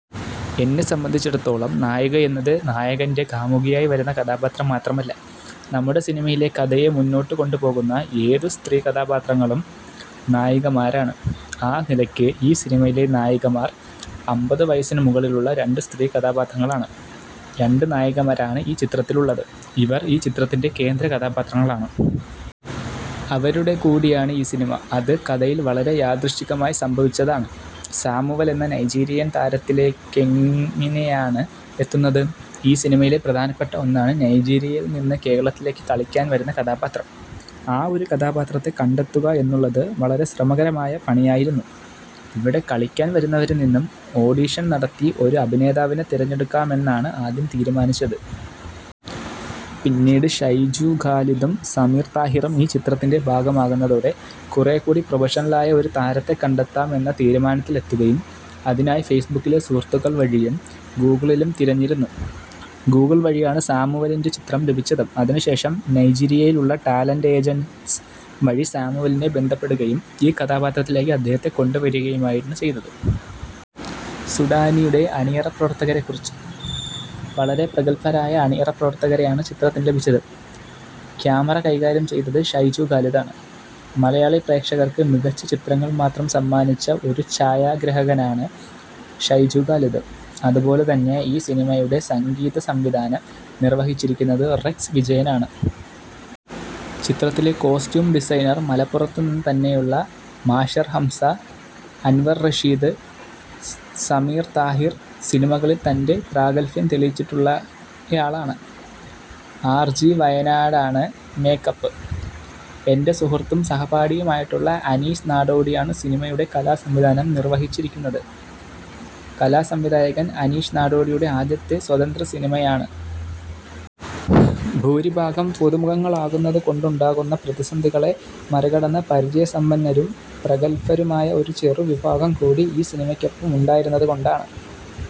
എന്നെ സംബന്ധിച്ചിടത്തോളം നായികയെന്നത് നായകന്റെ കാമുകിയായി വരുന്ന കഥാപാത്രം മാത്രമല്ല. നമ്മുടെ സിനിമയിലെ കഥയെ മുന്നോട്ടു കൊണ്ടുപോകുന്ന ഏതു സ്ത്രീ കഥാപാത്രങ്ങളും നായികമാരാണ്. ആ നിലക്ക് ഈ സിനിമയിലെ നായികമാർ അമ്പതു വയസ്സിനു മുകളിലുള്ള രണ്ടു സ്ത്രീ കഥാപാത്രങ്ങളാണ്. രണ്ടു നായികമാരാണ് ഈ ചിത്രത്തിലുള്ളത്. അവർ ഈ ചിത്രത്തിന്റെ കേന്ദ്ര കഥാപാത്രങ്ങളാണ്. അവരുടെ കൂടിയാണ് ഈ സിനിമ. അത് കഥയിൽ വളരെ യാദൃശ്ചികമായി സംഭവിച്ചതാണ്. സാമുവൽ എന്ന നൈജീരിയൻ താരത്തിലേക്കെങ്ങിനെയാണ് എത്തുന്നത്? ഈ സിനിമയിലെ പ്രധാനപ്പെട്ട ഒന്നാണ് നൈജീരിയയിൽ നിന്നും കേരളത്തിലേക്ക് കളിക്കാൻ വരുന്ന കഥാപാത്രം. ആ ഒരു കഥാപാത്രത്തെ കണ്ടെത്തുക എന്നുള്ളത് വളരെ ശ്രമകരമായ പണിയായിരുന്നു. ഇവിടെ കളിക്കാൻ വരുന്നവരിൽ നിന്നും ഓഡിഷൻ നടത്തി ഒരു അഭിനേതാവിനെ തെരഞ്ഞെടുക്കാമെന്നാണ് ആദ്യം തീരുമാനിച്ചത്. പിന്നീട് ഷൈജു ഖാലിദും സമീർ താഹിറും ഈ ചിത്രത്തിന്റെ ഭാഗമാകുന്നതോടെ കുറേ കൂടി പ്രോഫഷണലായ ഒരു താരത്തെ കണ്ടെത്താം എന്ന തീരുമാനത്തിലെത്തുകയും. അതിനായി ഫേസ്ബുക്കിലെ സുഹൃത്തുക്കൾ വഴിയും ഗൂഗിളിലും തെരഞ്ഞിരുന്നു. ഗൂഗിൾ വഴിയാണ് സാമുവലിന്റെ ചിത്രം ലഭിച്ചതും. അതിനു ശേഷം നൈജീരിയയിലുള്ള ടാലന്റ് ഏജൻസ് വഴി സാമുവലിനെ ബന്ധപ്പെടുകയും ഈ കഥാപാത്രത്തിലേക്ക് അദ്ദേഹത്തെ കൊണ്ട് വരികയുമാണ് ചെയ്തത്. സുഡാനിയുടെ അണിയറപ്രവർത്തകരെ കുറിച്ച്? വളരെ പ്രഗല്ഭരായ അണിയറപ്രവർത്തകരെയാണ് ചിത്രത്തിന് ലഭിച്ചത്. കാമറ കൈകാര്യം ചെയ്തത് ഷൈജു ഖാലിദ് ആണ്. മലയാളി പ്രേക്ഷകര്ക്ക് മികച്ച ചിത്രങ്ങൾ മാത്രം സമ്മാനിച്ച ഒരു ഛയാഗ്രാഹകനാണ് ഷൈജു ഖാലിദ്. അത് പോലെ തന്നെ ഈ സിനിമയുടെ സംഗീത സംവിധാനം നിർവഹിച്ചിരിക്കുന്നത് റെക്സ് വിജയനാണ്. ചിത്രത്തിലെ കോസ്റ്റ്യൂം ഡിസൈനർ മലപ്പുറത്ത് നിന്ന് തന്നെയുള്ള മാഷർ ഹംസ, അൻവർ റഷീദ്, സമീർ താഹിർ സിനിമകളിൽ തന്റെ പ്രാഗത്ഭ്യം തെളിയിച്ചിട്ടുള്ളയാളാണ്. ആർ ജി വയനാടാണ് മേക് അപ്പ്. എന്റെ സുഹൃത്തും സഹപാഠിയുമായിട്ടുള്ള അനീസ് നാടോടിയാണ് സിനിമയുടെ കലാ സംവിധാനം നിര്വടഹിച്ചിരിക്കുന്നത്. കലാ സംവിധായകൻ അനീസ് നാടോടിയുടെ ആദ്യത്തെ സ്വതന്ത്ര സിനിമയാണ്. ഭൂരിഭാഗം പുതുമുഖങ്ങളാകുന്നത് കൊണ്ടുണ്ടാകാവുന്ന പ്രതിസന്ധികളെ മറികടന്നത് പരിചയസമ്പന്നരും പ്രഗൽഭരുമായ ഒരു ചെറു വിഭാഗം കൂടി ഈ സിനിമക്കൊപ്പം ഉണ്ടായിരുന്നത് കൊണ്ടാണ്.